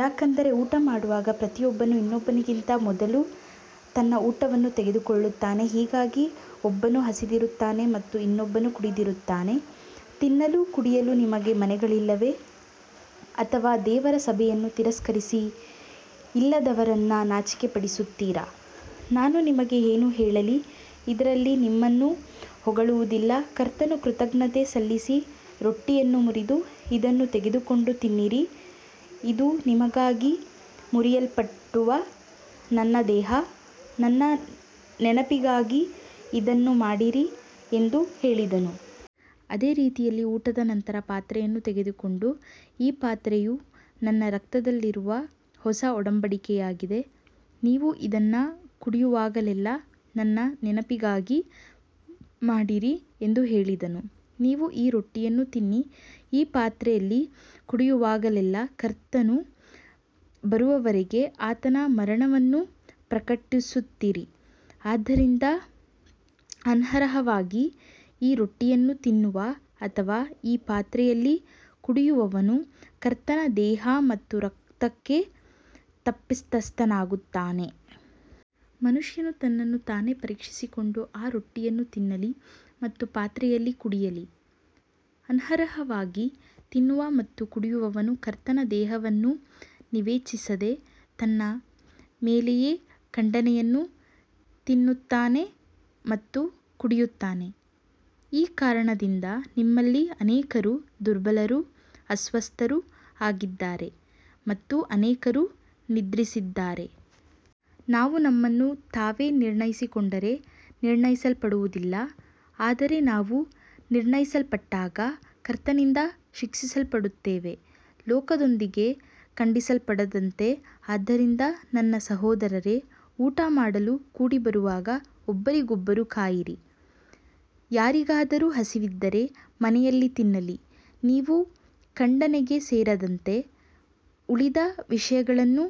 ಯಾಕಂದರೆ ಊಟಮಾಡುವಾಗ ಪ್ರತಿಯೊಬ್ಬನು ಇನ್ನೊಬ್ಬನಿಗಿಂತ ಮೊದಲು ತನ್ನ ಊಟವನ್ನು ತೆಗೆದುಕೊಳ್ಳುತ್ತಾನೆ, ಹೀಗಾಗಿ ಒಬ್ಬನು ಹಸಿದಿರುತ್ತಾನೆ ಮತ್ತು ಇನ್ನೊಬ್ಬನು ಕುಡಿದಿರುತ್ತಾನೆ. ತಿನ್ನಲು ಕುಡಿಯಲು ನಿಮಗೆ ಮನೆಗಳಿಲ್ಲವೇ, ಅಥವಾ ದೇವರ ಸಭೆಯನ್ನು ತಿರಸ್ಕರಿಸಿ ಇಲ್ಲದವರನ್ನು ನಾಚಿಕೆಪಡಿಸುತ್ತೀರಾ. ನಾನು ನಿಮಗೆ ಏನು ಹೇಳಲಿ, ಇದರಲ್ಲಿ ನಿಮ್ಮನ್ನು ಹೊಗಳುವುದಿಲ್ಲ. ಕರ್ತನು ಕೃತಜ್ಞತೆ ಸಲ್ಲಿಸಿ ರೊಟ್ಟಿಯನ್ನು ಮುರಿದು, ಇದನ್ನು ತೆಗೆದುಕೊಂಡು ತಿನ್ನಿರಿ, ಇದು ನಿಮಗಾಗಿ ಮುರಿಯಲ್ಪಡುವ ನನ್ನ ದೇಹ, ನನ್ನ ನೆನಪಿಗಾಗಿ ಇದನ್ನು ಮಾಡಿರಿ ಎಂದು ಹೇಳಿದನು. ಅದೇ ರೀತಿಯಲ್ಲಿ ಊಟದ ನಂತರ ಪಾತ್ರೆಯನ್ನು ತೆಗೆದುಕೊಂಡು, ಈ ಪಾತ್ರೆಯು ನನ್ನ ರಕ್ತದಲ್ಲಿರುವ ಹೊಸ ಒಡಂಬಡಿಕೆಯಾಗಿದೆ, ನೀವು ಇದನ್ನು ಕುಡಿಯುವಾಗಲೆಲ್ಲಾ ನನ್ನ ನೆನಪಿಗಾಗಿ ಮಾಡಿರಿ ಎಂದು ಹೇಳಿದನು. ನೀವು ಈ ರೊಟ್ಟಿಯನ್ನು ತಿನ್ನಿ ಈ ಪಾತ್ರೆಯಲ್ಲಿ ಕುಡಿಯುವಾಗಲೆಲ್ಲಾ ಕರ್ತನು ಬರುವವರೆಗೆ ಆತನ ಮರಣವನ್ನು ಪ್ರಕಟಿಸುತ್ತೀರಿ. ಆದ್ದರಿಂದ ಅನರ್ಹವಾಗಿ ಈ ರೊಟ್ಟಿಯನ್ನು ತಿನ್ನುವ ಅಥವಾ ಈ ಪಾತ್ರೆಯಲ್ಲಿ ಕುಡಿಯುವವನು ಕರ್ತನ ದೇಹ ಮತ್ತು ರಕ್ತಕ್ಕೆ ತಪ್ಪಿತಸ್ಥನಾಗುತ್ತಾನೆ. ಮನುಷ್ಯನು ತನ್ನನ್ನು ತಾನೇ ಪರೀಕ್ಷಿಸಿಕೊಂಡು ಆ ರೊಟ್ಟಿಯನ್ನು ತಿನ್ನಲಿ ಮತ್ತು ಪಾತ್ರೆಯಲ್ಲಿ ಕುಡಿಯಲಿ. ಅನರ್ಹವಾಗಿ ತಿನ್ನುವ ಮತ್ತು ಕುಡಿಯುವವನು ಕರ್ತನ ದೇಹವನ್ನು ವಿವೇಚಿಸದೆ ತನ್ನ ಮೇಲೆಯೇ ಖಂಡನೆಯನ್ನು ತಿನ್ನುತ್ತಾನೆ ಮತ್ತು ಕುಡಿಯುತ್ತಾನೆ. ಈ ಕಾರಣದಿಂದ ನಿಮ್ಮಲ್ಲಿ ಅನೇಕರು ದುರ್ಬಲರೂ ಅಸ್ವಸ್ಥರೂ ಆಗಿದ್ದಾರೆ ಮತ್ತು ಅನೇಕರು ನಿದ್ರಿಸಿದ್ದಾರೆ. ನಾವು ನಮ್ಮನ್ನು ತಾವೇ ನಿರ್ಣಯಿಸಿಕೊಂಡರೆ ನಿರ್ಣಯಿಸಲ್ಪಡುವುದಿಲ್ಲ, ಆದರೆ ನಾವು ನಿರ್ಣಯಿಸಲ್ಪಟ್ಟಾಗ ಕರ್ತನಿಂದ ಶಿಕ್ಷಿಸಲ್ಪಡುತ್ತೇವೆ, ಲೋಕದೊಂದಿಗೆ ಖಂಡಿಸಲ್ಪಡದಂತೆ. ಆದ್ದರಿಂದ ನನ್ನ ಸಹೋದರರೇ, ಊಟಮಾಡಲು ಕೂಡಿಬರುವಾಗ ಒಬ್ಬರಿಗೊಬ್ಬರು ಕಾಯಿರಿ. ಯಾರಿಗಾದರೂ ಹಸಿವಿದ್ದರೆ ಮನೆಯಲ್ಲಿ ತಿನ್ನಲಿ, ನೀವು ಖಂಡನೆಗೆ ಸೇರದಂತೆ. ಉಳಿದ ವಿಷಯಗಳನ್ನು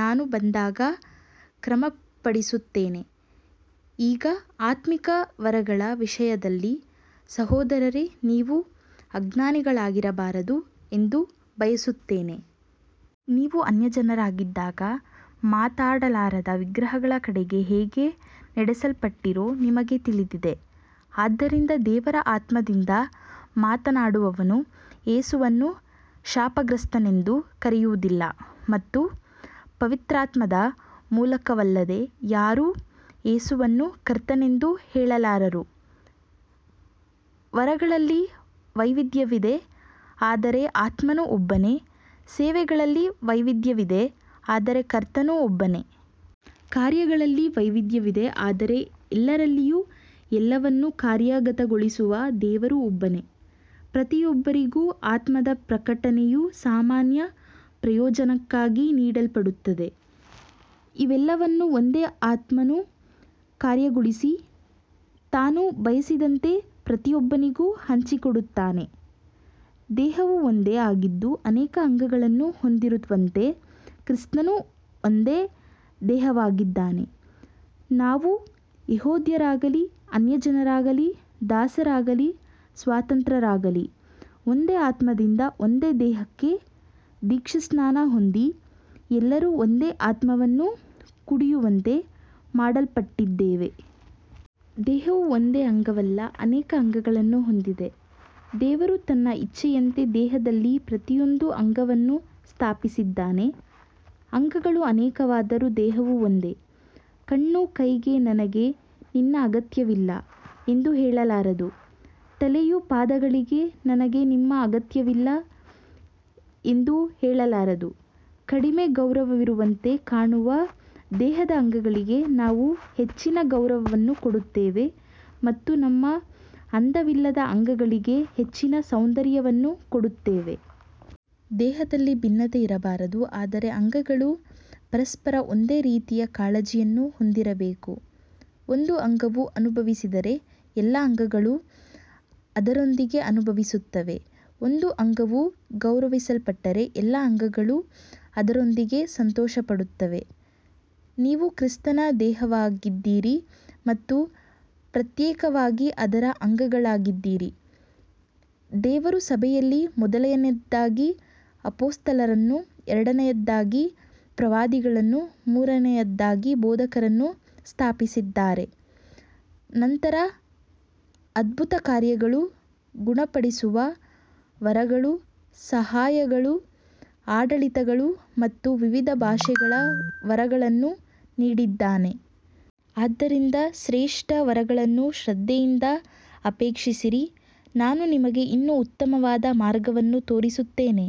ನಾನು ಬಂದಾಗ ಕ್ರಮಪಡಿಸುತ್ತೇನೆ. ಈಗ ಆತ್ಮಿಕ ವರಗಳ ವಿಷಯದಲ್ಲಿ ಸಹೋದರರೇ, ನೀವು ಅಜ್ಞಾನಿಗಳಾಗಿರಬಾರದು ಎಂದು ಬಯಸುತ್ತೇನೆ. ನೀವು ಅನ್ಯಜನರಾಗಿದ್ದಾಗ ಮಾತಾಡಲಾರದ ವಿಗ್ರಹಗಳ ಕಡೆಗೆ ಹೇಗೆ ನಡೆಸಲ್ಪಟ್ಟಿರೋ ನಿಮಗೆ ತಿಳಿದಿದೆ. ಆದ್ದರಿಂದ ದೇವರ ಆತ್ಮದಿಂದ ಮಾತನಾಡುವವನು ಯೇಸುವನ್ನು ಶಾಪಗ್ರಸ್ತನೆಂದು ಕರೆಯುವುದಿಲ್ಲ, ಮತ್ತು ಪವಿತ್ರಾತ್ಮದ ಮೂಲಕವಲ್ಲದೆ ಯಾರೂ ಯೇಸುವನ್ನು ಕರ್ತನೆಂದು ಹೇಳಲಾರರು. ವರಗಳಲ್ಲಿ ವೈವಿಧ್ಯವಿದೆ, ಆದರೆ ಆತ್ಮನು ಒಬ್ಬನೇ. ಸೇವೆಗಳಲ್ಲಿ ವೈವಿಧ್ಯವಿದೆ, ಆದರೆ ಕರ್ತನು ಒಬ್ಬನೇ. ಕಾರ್ಯಗಳಲ್ಲಿ ವೈವಿಧ್ಯವಿದೆ, ಆದರೆ ಎಲ್ಲರಲ್ಲಿಯೂ ಎಲ್ಲವನ್ನೂ ಕಾರ್ಯಗತಗೊಳಿಸುವ ದೇವರು ಒಬ್ಬನೇ. ಪ್ರತಿಯೊಬ್ಬನಿಗೂ ಆತ್ಮದ ಪ್ರಕಟಣೆಯು ಸಾಮಾನ್ಯ ಪ್ರಯೋಜನಕ್ಕಾಗಿ ನೀಡಲ್ಪಡುತ್ತದೆ. ಇವೆಲ್ಲವನ್ನೂ ಒಂದೇ ಆತ್ಮನು ಕಾರ್ಯಗೊಳಿಸಿ, ತಾನು ಬಯಸಿದಂತೆ ಪ್ರತಿಯೊಬ್ಬನಿಗೂ ಹಂಚಿಕೊಡುತ್ತಾನೆ. ದೇಹವು ಒಂದೇ ಆಗಿದ್ದು ಅನೇಕ ಅಂಗಗಳನ್ನು ಹೊಂದಿರುವಂತೆ, ಕ್ರಿಸ್ತನೂ ಒಂದೇ ದೇಹವಾಗಿದ್ದಾನೆ. ನಾವು ಯೆಹೂದ್ಯರಾಗಲಿ ಅನ್ಯಜನರಾಗಲಿ, ದಾಸರಾಗಲಿ ಸ್ವತಂತ್ರರಾಗಲಿ, ಒಂದೇ ಆತ್ಮದಿಂದ ಒಂದೇ ದೇಹಕ್ಕೆ ದೀಕ್ಷಾಸ್ನಾನ ಹೊಂದಿ, ಎಲ್ಲರೂ ಒಂದೇ ಆತ್ಮವನ್ನು ಕುಡಿಯುವಂತೆ ಮಾಡಲ್ಪಟ್ಟಿದ್ದೇವೆ. ದೇಹವು ಒಂದೇ ಅಂಗವಲ್ಲ, ಅನೇಕ ಅಂಗಗಳನ್ನು ಹೊಂದಿದೆ. ದೇವರು ತನ್ನ ಇಚ್ಛೆಯಂತೆ ದೇಹದಲ್ಲಿ ಪ್ರತಿಯೊಂದು ಅಂಗವನ್ನು ಸ್ಥಾಪಿಸಿದ್ದಾನೆ. ಅಂಗಗಳು ಅನೇಕವಾದರೂ ದೇಹವು ಒಂದೇ. ಕಣ್ಣು ಕೈಗೆ, ನನಗೆ ನಿನ್ನ ಅಗತ್ಯವಿಲ್ಲ ಎಂದು ಹೇಳಲಾರದು, ತಲೆಯೂ ಪಾದಗಳಿಗೆ, ನನಗೆ ನಿಮ್ಮ ಅಗತ್ಯವಿಲ್ಲ ಎಂದು ಹೇಳಲಾರದು. ಕಡಿಮೆ ಗೌರವವಿರುವಂತೆ ಕಾಣುವ ದೇಹದ ಅಂಗಗಳಿಗೆ ನಾವು ಹೆಚ್ಚಿನ ಗೌರವವನ್ನು ಕೊಡುತ್ತೇವೆ ಮತ್ತು ನಮ್ಮ ಅಂದವಿಲ್ಲದ ಅಂಗಗಳಿಗೆ ಹೆಚ್ಚಿನ ಸೌಂದರ್ಯವನ್ನು ಕೊಡುತ್ತೇವೆ. ದೇಹದಲ್ಲಿ ಭಿನ್ನತೆ ಇರಬಾರದು, ಆದರೆ ಅಂಗಗಳು ಪರಸ್ಪರ ಒಂದೇ ರೀತಿಯ ಕಾಳಜಿಯನ್ನು ಹೊಂದಿರಬೇಕು. ಒಂದು ಅಂಗವು ಅನುಭವಿಸಿದರೆ ಎಲ್ಲಾ ಅಂಗಗಳು ಅದರೊಂದಿಗೆ ಅನುಭವಿಸುತ್ತವೆ, ಒಂದು ಅಂಗವು ಗೌರವಿಸಲ್ಪಟ್ಟರೆ ಎಲ್ಲಾ ಅಂಗಗಳು ಅದರೊಂದಿಗೆ ಸಂತೋಷಪಡುತ್ತವೆ. ನೀವು ಕ್ರಿಸ್ತನ ದೇಹವಾಗಿದ್ದೀರಿ ಮತ್ತು ಪ್ರತ್ಯೇಕವಾಗಿ ಅದರ ಅಂಗಗಳಾಗಿದ್ದೀರಿ. ದೇವರು ಸಭೆಯಲ್ಲಿ ಮೊದಲನೆಯದಾಗಿ ಅಪೊಸ್ತಲರನ್ನು, ಎರಡನೆಯದಾಗಿ ಪ್ರವಾದಿಗಳನ್ನು, ಮೂರನೆಯದಾಗಿ ಬೋಧಕರನ್ನು ಸ್ಥಾಪಿಸಿದ್ದಾನೆ, ನಂತರ ಅದ್ಭುತಕಾರ್ಯಗಳು, ಗುಣಪಡಿಸುವ ವರಗಳು, ಸಹಾಯಗಳು, ಆಡಳಿತಗಳು ಮತ್ತು ವಿವಿಧ ಭಾಷೆಗಳ ವರಗಳನ್ನು ನೀಡಿದ್ದಾನೆ. ಆದ್ದರಿಂದ ಶ್ರೇಷ್ಠ ವರಗಳನ್ನು ಶ್ರದ್ಧೆಯಿಂದ ಅಪೇಕ್ಷಿಸಿರಿ, ನಾನು ನಿಮಗೆ ಇನ್ನೂ ಉತ್ತಮವಾದ ಮಾರ್ಗವನ್ನು ತೋರಿಸುತ್ತೇನೆ.